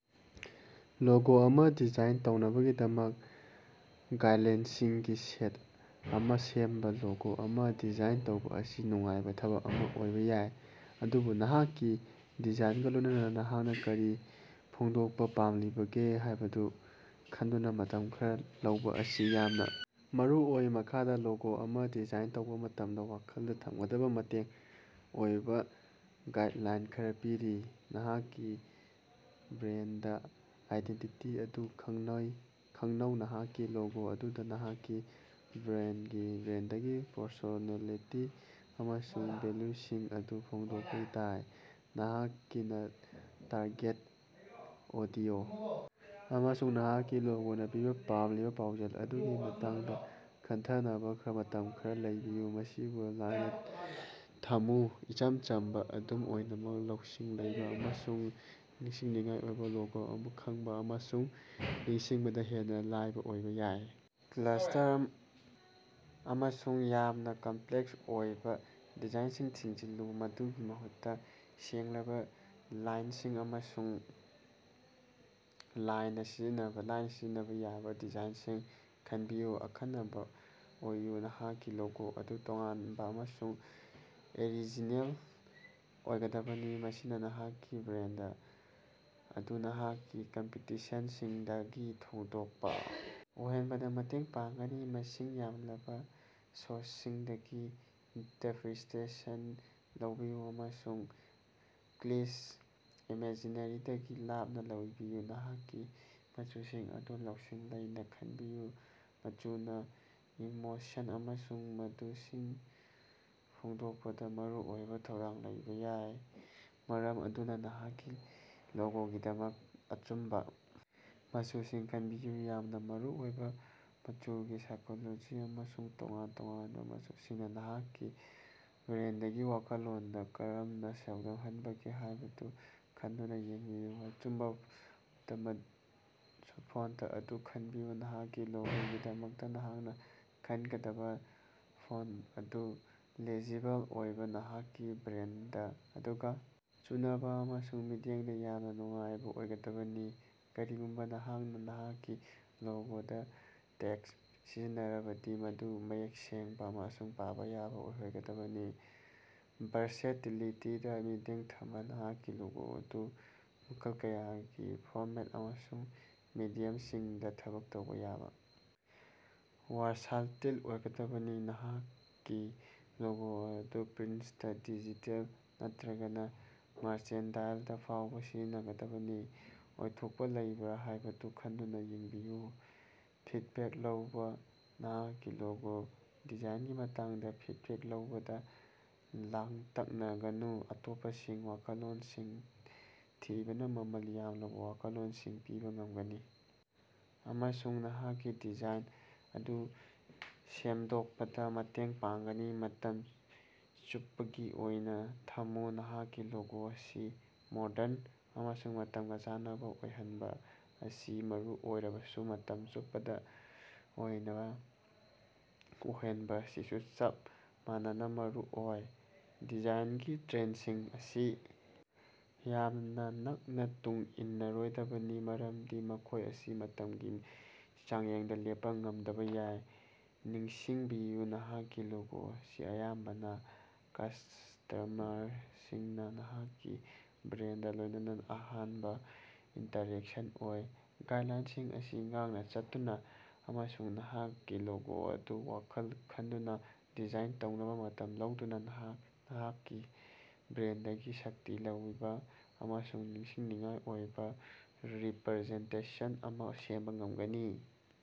Logo ꯑꯃ design ꯇꯧꯅꯕꯒꯤꯗꯃꯛ ꯒꯥꯏ꯭ꯗꯂꯥꯏꯟꯁꯤꯡꯒꯤ ꯁꯦꯠ ꯑꯃ ꯁꯦꯝꯕ꯫ ꯂꯣꯒꯣ ꯑꯃ ꯗꯤꯖꯥꯏꯟ ꯇꯧꯕ ꯑꯁꯤ ꯅꯨꯡꯉꯥꯏꯕ ꯊꯕꯛ ꯑꯃ ꯑꯣꯏꯕ ꯌꯥꯏ, ꯑꯗꯨꯕꯨ ꯅꯍꯥꯛꯀꯤ ꯗꯤꯖꯥꯏꯟꯒ ꯂꯣꯏꯅꯅ ꯅꯍꯥꯛꯅ ꯀꯔꯤ ꯐꯣꯡꯗꯣꯛꯄ ꯄꯥꯝꯂꯤꯕꯒꯦ ꯍꯥꯏꯕꯗꯨ ꯈꯟꯗꯨꯅ ꯃꯇꯝ ꯈꯔ ꯂꯧꯕ ꯑꯁꯤ ꯌꯥꯝꯅ ꯃꯔꯨꯑꯣꯏ꯫ ꯃꯈꯥꯗ ꯂꯣꯒꯣ ꯑꯃ ꯗꯤꯖꯥꯏꯟ ꯇꯧꯕ ꯃꯇꯝꯗ ꯋꯥꯈꯜꯗ ꯊꯝꯒꯗꯕ ꯃꯇꯦꯡ ꯑꯣꯏꯕ ꯒꯥꯏ꯭ꯗꯂꯥꯏꯟ ꯈꯔ ꯄꯤꯔꯤ ꯅꯍꯥꯛꯀꯤ ꯕ꯭ꯔꯥꯟꯗ ꯑꯥꯏꯗꯦꯟꯇꯤꯇꯤ ꯑꯗꯨ ꯈꯪꯅꯩ ꯈꯪꯅꯧ ꯅꯍꯥꯛꯀꯤ ꯂꯣꯒꯣ ꯑꯗꯨꯗ ꯅꯍꯥꯛꯀꯤ ꯕ꯭ꯔꯥꯟꯗꯒꯤ ꯕ꯭ꯔꯥꯟꯗꯥꯒꯤ ꯄ꯭ꯔꯁꯣꯅꯦꯂꯤꯇꯤ ꯑꯃꯁꯨꯡ ꯚꯦꯂ꯭ꯌꯨꯁꯤꯡ ꯑꯗꯨ ꯐꯣꯡꯗꯣꯛꯄ‌ ꯇꯥꯏ꯫ ꯅꯍꯥꯛꯀꯤ ꯇꯥ꯭ꯔꯒꯦꯠ ꯑꯣꯗꯤꯑꯣ ꯑꯃꯁꯨꯡ ꯅꯍꯥꯛꯀꯤ ꯂꯣꯒꯣꯅ ꯄꯤꯕ ꯄꯥꯝꯂꯤꯕ ꯄꯥꯎꯖꯦꯜ ꯑꯗꯨꯒꯤ ꯃꯇꯥꯡꯗ ꯈꯟꯊꯅꯕ ꯃꯇꯝ ꯈꯔ ꯂꯧꯕꯤꯌꯨ꯫ ꯃꯁꯤꯕꯨ ꯂꯥꯏꯅꯥ ꯊꯝꯃꯨ ꯏꯆꯝ ꯆꯝꯕ ꯑꯗꯨꯝ ꯑꯣꯏꯅꯃꯛ ꯂꯧꯁꯤꯡ ꯂꯩꯕ ꯑꯃꯁꯨꯡ ꯅꯤꯡꯁꯤꯡꯅꯤꯡꯉꯥꯏ ꯑꯣꯏꯕ ꯂꯣꯒꯣ ꯑꯃꯅ ꯈꯪꯕ ꯑꯃꯁꯨꯡ ꯅꯤꯡꯁꯤꯡꯕꯗ ꯍꯦꯟꯅ ꯂꯥꯏꯕ ꯑꯣꯏꯕ‌ ꯌꯥꯏ꯫ ꯀ꯭ꯂꯥꯁꯇꯔ ꯑꯃꯁꯨꯡ ꯌꯥꯝꯅ ꯀꯝꯄ꯭ꯂꯦꯛꯁ ꯑꯣꯏꯕ ꯗꯤꯖꯥꯏꯟꯁꯤꯡ ꯊꯤꯡꯖꯤꯜꯂꯨ ꯃꯗꯨꯒꯤ ꯃꯍꯨꯠꯇ ꯁꯦꯡꯂꯕ ꯂꯥꯏꯟꯁꯤꯡ ꯑꯃꯁꯨꯡ ꯂꯥꯏꯅꯥ ꯁꯤꯖꯤꯟꯅꯕ ꯂꯥꯏꯅ ꯁꯤꯖꯤꯟꯅꯕ ꯌꯥꯕ ꯗꯤꯖꯥꯏꯟꯁꯤꯡ ꯈꯟꯕꯤꯌꯨ꯫ ꯑꯈꯟꯅꯕ ꯑꯣꯏꯌ‌ꯨ ꯅꯍꯥꯛꯀꯤ ꯂꯣꯒꯣ ꯑꯗꯨ ꯇꯣꯉꯥꯟꯕ ꯑꯃꯁꯨꯡ ꯑꯦꯔꯤꯖꯤꯅꯦꯜ ꯑꯣꯏꯒꯗꯕꯅꯤ, ꯃꯁꯤꯅ ꯅꯍꯥꯛꯀꯤ ꯕ꯭ꯔꯥꯟꯗ ꯑꯗꯨ ꯅꯍꯥꯛꯀꯤ ꯀꯝꯄꯤꯇꯤꯁꯟꯁꯤꯡꯗꯒꯤ ꯊꯣꯏꯗꯣꯛꯄ‌ ꯑꯣꯏꯍꯟꯕꯗ ꯃꯇꯦꯡ ꯄꯥꯡꯒꯅꯤ꯫ ꯃꯁꯤꯡ ꯌꯥꯝꯂꯕ ꯁꯣꯔꯁꯁꯤꯡꯗꯒꯤ ꯏꯟꯇꯔꯄ꯭ꯔꯤꯁꯇꯦꯁꯟ ꯂꯧꯕꯤꯌꯨ ꯑꯃꯁꯨꯡ ꯀ꯭ꯂꯤꯆ ꯏꯃꯦꯖꯔꯤꯗꯒꯤ ꯂꯥꯞꯅ ꯂꯩꯕꯤꯌꯨ꯫ ꯅꯍꯥꯛꯀꯤ ꯃꯆꯨꯁꯤꯡ ꯑꯗꯨ ꯂꯧꯁꯤꯡ ꯂꯩꯅ ꯈꯟꯕꯤꯌꯨ ꯃꯆꯨꯅ ꯏꯃꯣꯁꯟ ꯑꯃꯁꯨꯡ ꯃꯨꯗꯁꯤꯡ ꯐꯣꯡꯗꯣꯛꯄꯗ ꯃꯔꯨꯑꯣꯏꯕ ꯊꯧꯗꯥꯡ ꯂꯧꯕ ꯌꯥꯏ, ꯃꯔꯝ ꯑꯗꯨꯅ ꯅꯍꯥꯛꯀꯤ ꯂꯣꯒꯣꯒꯤꯗꯃꯛ ꯑꯆꯨꯝꯕ ꯃꯆꯨꯁꯤꯡ ꯈꯟꯕꯤꯌꯨ ꯌꯥꯝꯅ ꯃꯔꯨꯑꯣꯏ꯫ ꯃꯆꯨꯒꯤ ꯁꯥꯏꯀꯣꯂꯣꯖꯤ ꯑꯃꯁꯨꯡ ꯇꯣꯉꯥꯟ ꯇꯣꯉꯥꯟꯕ ꯃꯆꯨꯁꯤꯡꯅ ꯅꯍꯥꯛꯀꯤ ꯕ꯭ꯔꯥꯟꯗꯒꯤ ꯋꯥꯈꯜꯂꯣꯟꯗ ꯀꯔꯝꯅ ꯁꯣꯛꯍꯟꯕꯒꯦ ꯍꯥꯏꯕꯗꯨ ꯈꯟꯗꯨꯅ ꯌꯦꯡꯕꯤꯌꯨ꯫ ꯑꯆꯨꯝꯕ ꯐꯣꯟꯇ ꯑꯗꯨ ꯈꯟꯕꯤꯌꯨ ꯅꯍꯥꯛꯀꯤ ꯂꯣꯒꯣꯒꯤꯗꯃꯛꯇ ꯅꯍꯥꯛꯅ ꯈꯟꯒꯗꯕ ꯐꯣꯟꯇ ꯑꯗꯨ ꯂꯦꯖꯤꯕꯜ ꯑꯣꯏꯕ ꯅꯍꯥꯛꯀꯤ ꯕ꯭ꯔꯥꯟꯗ ꯑꯗꯨꯒ ꯆꯨꯅꯕ ꯑꯃꯁꯨꯡ ꯃꯤꯠꯌꯦꯡꯗ‌ ꯌꯥꯝꯅ ꯅꯨꯡꯉꯥꯏꯕ ꯑꯣꯏꯒꯗꯕꯅꯤ꯫ ꯀꯔꯤꯒꯨꯝꯕ ꯅꯍꯥꯛꯅ ꯅꯍꯥꯛꯀꯤ ꯂꯣꯒꯣꯗ ꯇꯦꯛꯁꯠ ꯁꯤꯖꯤꯟꯅꯔꯕꯗꯤ, ꯃꯗꯨ ꯃꯌꯦꯛ ꯁꯦꯡꯕ ꯑꯃꯁꯨꯡ ꯄꯥꯕ ꯌꯥꯕ ꯑꯣꯏꯍꯟꯒꯗꯕꯅꯤ꯫ ꯚꯥꯔꯁꯦꯇꯤꯂꯤꯇꯤꯗ ꯃꯤꯠꯌꯦꯡ ꯊꯝꯕ ꯅꯍꯥꯛꯀꯤ ꯂꯣꯒꯣ ꯑꯗꯨ ꯃꯈꯜ ꯀꯌꯥꯒꯤ ꯐꯣꯔꯃꯦꯠ ꯑꯃꯁꯨꯡ ꯃꯦꯗꯤꯌꯝꯁꯤꯡꯗ ꯊꯕꯛ ꯇꯧꯕ ꯌꯥꯕ ꯋꯥꯔꯁꯥꯇꯤꯜ ꯑꯣꯏꯒꯗꯕꯅꯤ꯫ ꯅꯍꯥꯛꯀꯤ ꯂꯣꯒꯣ ꯑꯗꯨ ꯄ꯭ꯔꯤꯟꯁꯇ, ꯗꯤꯖꯤꯇꯦꯜ ꯅꯠꯇꯔꯒ ꯃꯥꯔꯆꯦꯟꯗꯥꯏꯜꯗ‌ ꯐꯥꯎꯕ ꯁꯤꯖꯤꯟꯅꯕꯒꯤ ꯑꯣꯏꯊꯣꯛꯄ ꯂꯩꯕ꯭ꯔꯥ ꯍꯥꯏꯕꯗꯨ ꯈꯟꯗꯨꯅ ꯌꯦꯡꯕꯤꯌꯨ꯫ ꯐꯤꯗꯕꯦꯛ ꯂꯧꯕ ꯅꯍꯥꯛꯀꯤ ꯂꯣꯒꯣ ꯗꯤꯖꯥꯏꯟꯒꯤ ꯃꯇꯥꯡꯗ ꯐꯤꯗꯕꯦꯛ ꯂꯧꯕꯗ ꯂꯥꯡꯇꯛꯅꯒꯅꯨ꯫ ꯑꯇꯣꯞꯄꯁꯤꯡꯒꯤ ꯋꯥꯈꯜꯂꯣꯟꯁꯤꯡ ꯊꯤꯕꯅ ꯃꯃꯜ ꯌꯥꯝꯂꯕ ꯋꯥꯈꯜꯂꯣꯟꯁꯤꯡ ꯄꯤꯕ ꯉꯝꯒꯅꯤ ꯑꯃꯁꯨꯡ ꯅꯍꯥꯛꯀꯤ ꯗꯤꯖꯥꯏꯟ ꯑꯗꯨ ꯁꯦꯃꯗꯣꯛꯄꯗ ꯃꯇꯦꯡ ꯄꯥꯡꯒꯅꯤ꯫ ꯃꯇꯝ ꯆꯨꯞꯄꯒꯤ ꯑꯣꯏꯅ ꯊꯝꯃꯨ ꯅꯍꯥꯛꯀꯤ ꯂꯣꯒꯣ ꯑꯁꯤ ꯃꯣꯗ꯭ꯔꯟ ꯑꯃꯁꯨꯡ ꯃꯇꯝꯒ ꯆꯥꯟꯅꯕ ꯑꯣꯏꯍꯟꯕ ꯑꯁꯤ ꯃꯔꯨ ꯑꯣꯏꯔꯕꯁꯨ, ꯃꯇꯝ ꯆꯨꯞꯄꯒꯤ ꯑꯣꯏꯕ ꯑꯣꯏꯍꯟꯕ ꯑꯁꯤꯁꯨ ꯆꯞ ꯃꯥꯟꯅꯅ ꯃꯔꯨꯑꯣꯏ꯫ ꯗꯤꯖꯥꯏꯟꯒꯤ ꯇ꯭ꯔꯦꯟꯗꯁꯤꯡ ꯑꯁꯤ ꯌꯥꯝꯅ ꯅꯛꯅ ꯇꯨꯡ ꯏꯟꯅꯔꯣꯏꯗꯕꯅꯤ, ꯃꯔꯝꯗꯤ ꯃꯈꯣꯏ ꯑꯁꯤ ꯃꯇꯝꯒꯤ ꯆꯥꯡꯌꯦꯡꯗ ꯂꯦꯞꯄ ꯉꯝꯗꯕ ꯌꯥꯏ꯫ ꯅꯤꯡꯁꯤꯡꯕꯤꯌꯨ ꯅꯍꯥꯛꯀꯤ ꯂꯣꯒꯣ ꯑꯁꯤ ꯑꯌꯥꯝꯕꯅ ꯀꯁꯇꯃꯔꯁꯤꯡꯅ ꯅꯍꯥꯛꯀꯤ ꯕ꯭ꯔꯥꯟꯗꯒ ꯂꯣꯏꯅꯅ ꯑꯍꯥꯟꯕ ꯏꯟꯇꯔꯦꯛꯁꯟ ꯑꯣꯏ꯫ ꯒꯥꯏꯗꯂꯥꯏꯟꯁꯤꯡ ꯑꯁꯤ ꯉꯥꯛꯅ ꯆꯠꯇꯨꯅ ꯑꯃꯁꯨꯡ ꯅꯍꯥꯛꯀꯤ ꯂꯣꯒꯣ ꯑꯗꯨ ꯋꯥꯈꯜ ꯈꯟꯗꯨꯅ ꯗꯤꯖꯥꯏꯟ ꯇꯧꯅꯕ ꯃꯇꯝ ꯂꯧꯗꯨꯅ ꯅꯍꯥꯛꯅ ꯅꯍꯥꯛꯀꯤ ꯕ꯭ꯔꯥꯟꯗꯒꯤ ꯁꯛꯇꯤ ꯂꯩꯕ ꯑꯃꯁꯨꯡ ꯅꯤꯡꯁꯤꯡꯅꯤꯡꯉꯥꯏ ꯑꯣꯏꯕ ꯔꯤꯄꯔꯖꯦꯟꯇꯦꯁꯟ ꯑꯃ ꯁꯦꯝꯕ ꯉꯝꯒꯅꯤ꯫।